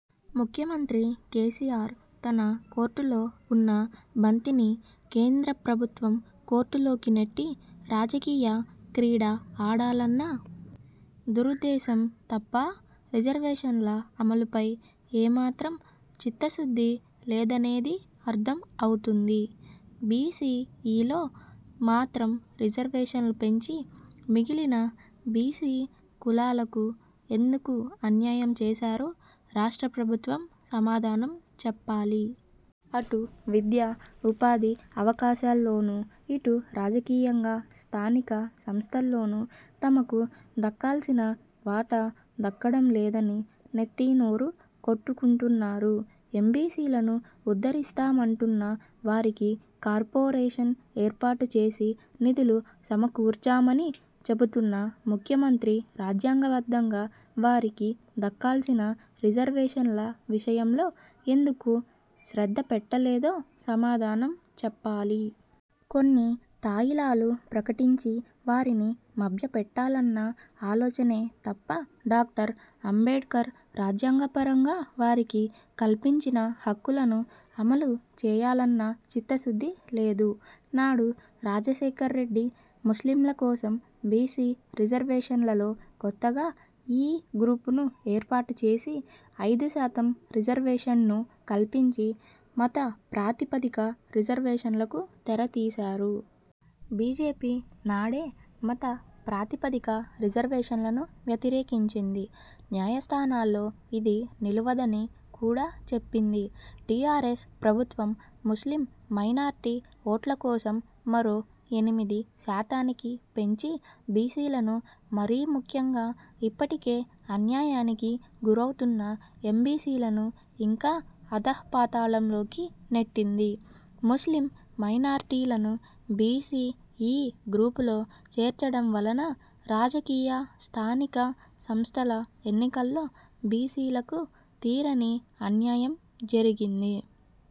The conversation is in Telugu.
ముఖ్యమంత్రి కేసీఆర్ తన కోర్టులో ఉన్న బంతిని కేంద్ర ప్రభుత్వం కోర్టులోకి నెట్టి రాజకీయ క్రీడ ఆడాలన్న దురుద్దేశం తప్పా రిజర్వేషన్ల అమలుపై ఏమాత్రం చిత్తశుద్ధి లేదనేది అర్థం అవుతుంది. బీసీ–-ఈలో మాత్రం రిజర్వేషన్లు పెంచి మిగిలిన బీసీ కులాలకు ఎందుకు అన్యాయం చేశారో రాష్ట్ర ప్రభుత్వం సమాధానం చెప్పాలి. అటు విద్యా, ఉపాధి అవకాశాల్లోనూ ఇటు రాజకీయంగా స్థానిక సంస్థల్లోనూ తమకు దక్కాల్సిన వాటా దక్కడం లేదని నెత్తినోరు కొట్టుకుంటున్నారు. ఎంబీసీలను ఉద్ధరిస్తామంటున్న, వారికి కార్పోరేషన్ ఏర్పాటు చేసి నిధులు సమకూర్చామని చెబుతున్న ముఖ్యమంత్రి రాజ్యాంగబద్ధంగా వారికి దక్కాల్సిన రిజర్వేషన్ల విషయంలో ఎందుకు శ్రద్ధపెట్టలేదో సమాధానం చెప్పాలి. కొన్ని తాయిలాలు ప్రకటించి వారిని మభ్యపెట్టాలన్న ఆలోచనే తప్ప డాక్టర్ అంబేడ్కర్ రాజ్యాంగపరంగా వారికి కల్పించిన హక్కులను అమలుచేయాలన్న చిత్తశుద్ధి లేదు. నాడు రాజశేఖర్ రెడ్డి ముస్లింల కోసం బీసీ రిజర్వేషన్లలో కొత్తగా ఈ-–గ్రూపును ఏర్పాటుచేసి ఐదు శాతం రిజర్వేషన్ను కల్పించి మతప్రాతిపదిక రిజర్వేషన్లకు తెరతీశారు. బీజేపీ నాడే మత ప్రాతిపదిక రిజర్వేషన్లను వ్యతిరేకించింది. న్యాయస్థానాల్లో ఇది నిలువదని కూడా చెప్పింది. టీఆర్ఎస్ ప్రభుత్వం ముస్లిం మైనార్టీ ఓట్ల కోసం మరో ఎనిమిది శాతానికి పెంచి బీసీలను, మరీ ముఖ్యంగా ఇప్పటికే అన్యాయానికి గురౌతున్న ఎంబీసీలను ఇంకా అథఃపాతాళంలోకి నెట్టింది. ముస్లిం మైనార్టీలను బీసీ-–ఈ గ్రూపులో చేర్చడం వలన రాజకీయ స్థానిక సంస్థల ఎన్నికల్లో బీసీలకు తీరని అన్యాయం జరిగింది.